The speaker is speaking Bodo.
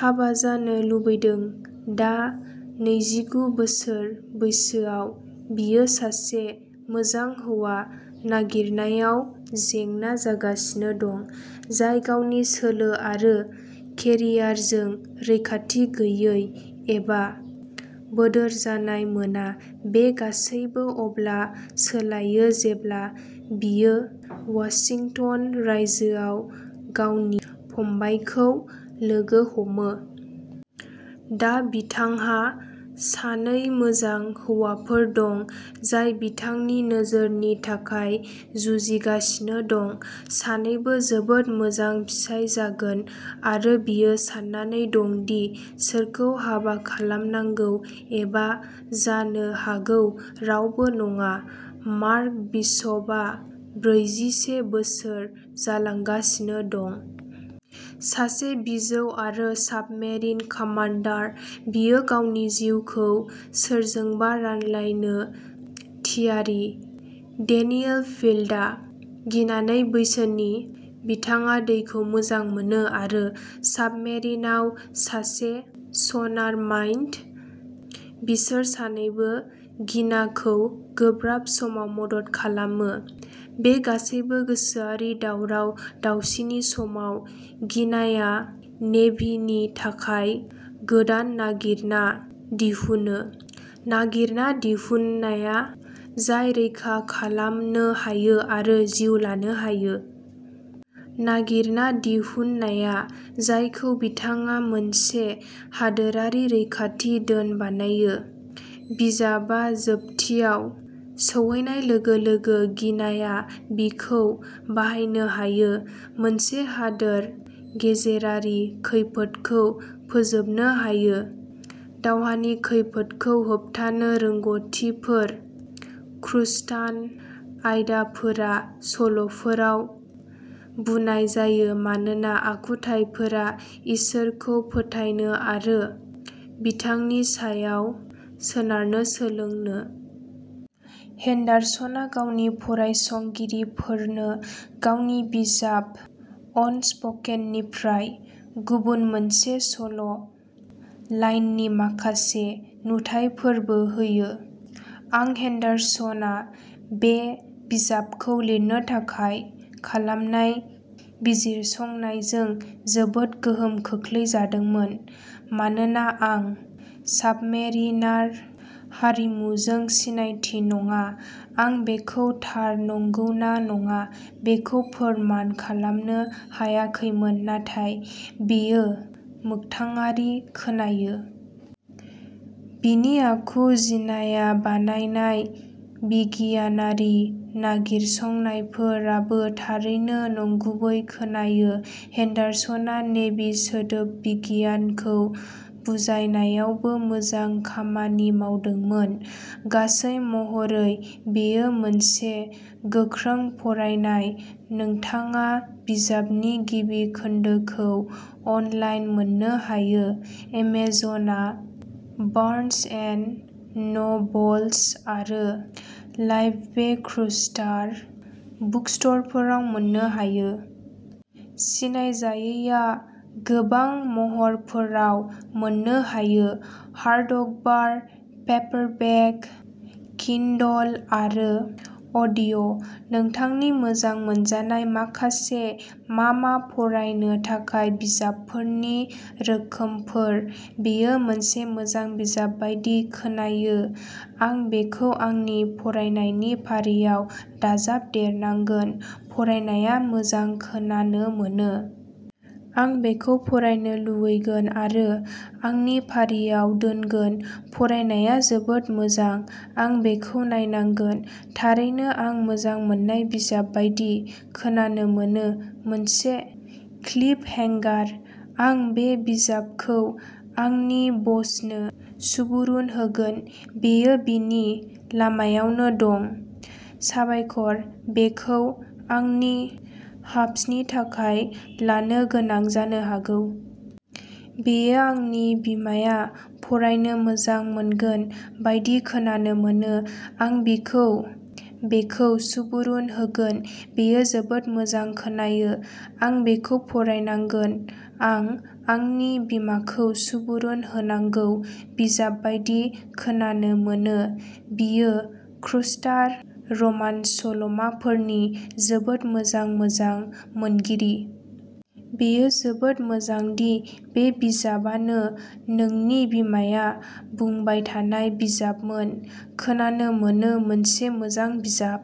हाबा जानो लुबैदों। दा नैजिगु बोसोर बैसोआव बियो सासे मोजां हौवा नागिरनायाव जेंना जागासिनो दं, जाय गावनि सोलो आरो केरियारजों रैखाथि गैयै एबा बोदोर जानाय मोना। बे गासैबो अब्ला सोलायो जेब्ला बियो वाशिंटन रायजोआव गावनि फंबायखौ लोगो हमो। दा बिथांहा सानै मोजां हौवाफोर दं, जाय बिथांनि नोजोरनि थाखाय जुजिगासिनो दं। सानैबो जोबोद मोजां फिसाय जागोन, आरो बियो सान्नानै दं दि सोरखौ हाबा खालामनांगौ, एबा जानो हागौ रावबो नङा। मार्क बिशपआ ब्रैजिसे बोसोर जालांगासिनो दं। सासे बिजौ आरो साबमेरिन कामान्डार, बियो गावनि जिउखौ सोरजोंबा रानलायनो थियारि। डेनियेल फील्डआ गिनानै बैसोनि। बिथाङा दैखौ मोजां मोनो आरो साबमेरिनआव सासे सनारमाइन्ट। बिसोर सानैबो गिनाखौ गोब्राब समाव मदद खालामो। बे गासैबो गोसोआरि दावराव-दावसिनि समाव, गिनाया नेभिनि थाखाय गोदान नागिरना दिहुनो; नागिरना दिहुननाया जाय रैखा खालामनो हायो आरो जिउ लानो हायो। नागिरना दिहुननाया जायखौ बिथाङा मोनसे हादोरारि रैखाथि धोन बानायो। बिजाबआ जोबथियाव सौहैनाय लोगो लोगो, गिनाया बिखौ बाहायनो हायो। मोनसे हादोर गेजेरारि खैफोदखौ फोजोबनो आरो दावहानि खैफोदखौ होबथानो रोंग'थिफोर। ख्रुस्टान आयदाफोरा सल'फोराव बुनाय जायो मानोना आखुथाइफोरा इसोरखौ फोथायनो आरो बिथांनि सायाव सोनारनो सोलोंनो। हेन्डारसनआ गावनि फरायसंगिरिफोरनो गावनि बिजाब अनस्प'केन निफ्राय गुबुन मोनसे सल' लाइननि माखासे नुथाइफोरबो होयो। आं हेन्डारसनआ बे बिजाबखौ लिरनो थाखाय खालामनाय बिजिरसंनायजों जोबोद गोहोम खोख्लैजादोंमोन। मानोना आं साबमेरिनार हारिमुजों सिनायथि नङा, आं बेखौ थार नंगौना नङा बेखौ फोरमान खालामनो हायाखैमोन, नाथाय बेयो मोगथाङारि खोनायो। बिनि आखु जिनाया बानायनाय बिगियानारि नागिरसंनायफोर आबो थारैनो नंगुबै खोनायो। हेन्डारसनआ नेभि सोदोबबिगियानखौ बुजायनायावबो मोजां खामानि मावदोंमोन। गासै महरै, बेयो मोनसे गोख्रों फरायनाय। नोंथाङा बिजाबनि गिबि खोन्दोखौ अनलाइन मोननो हायो। एमेजनआ, बार्न्स एन्ड न'बल्स आरो लाइफवे ख्रुस्टार बुकस्ट'रफोराव मोननो हायो। सिनायजायैआ गोबां महरफोराव मोननो हायो। हार्डअभार, पेपारबेक, किन्डल आरो अडिय'। नोंथांनि मोजां मोनजानाय माखासे मा मा फरायनो थाखाय बिजाबफोरनि रोखोमफोर बेयो मोनसे मोजां बिजाब बायदि खोनायो। आं बेखौ आंनि फरायनायनि फारियाव दाजाबदेरनांगोन। फरायनाया मोजां खोनानो मोनो। आं बेखौ फरायनो लुबैगोन आरो आंनि फारियाव दोनगोन। फरायनाया जोबोद मोजां। आं बेखौ नायनांगोन। थारैनो आं मोजां मोन्नाय बिजाब बायदि खोनानो मोनो मोनसे क्लिफ हेंगार, आं बे बिजाबखौ आंनि बसनो सुबुरुन होगोन, बेयो बिनि लामायावनो दं साबायखर, बेखौ आंनि हाब्सनि थाखाय लानो गोनां जानो हागौ। बेयो आंनि बिमाया फरायनो मोजां मोनगोन बायदि खोनानो मोनो। आं बिखौ बेखौ सुबुरुन होगोन बेयो जोबोद मोजां खोनायो। आं बेखौ फरायनांगोन आं आंनि बिमाखौ सुबुरुन होनांगौ बिजाब बायदि खोनानो मोनो। बियो ख्रुस्टार रमान्स सल'माफोरनि जोबोद मोजां मोजां मोनगिरि। बेयो जोबोद मोजां दि बे बिजाबानो नोंनि बिमाया बुंबाय थानाय बिजाबमोन खोनानो मोनो मोनसे मोजां बिजाब।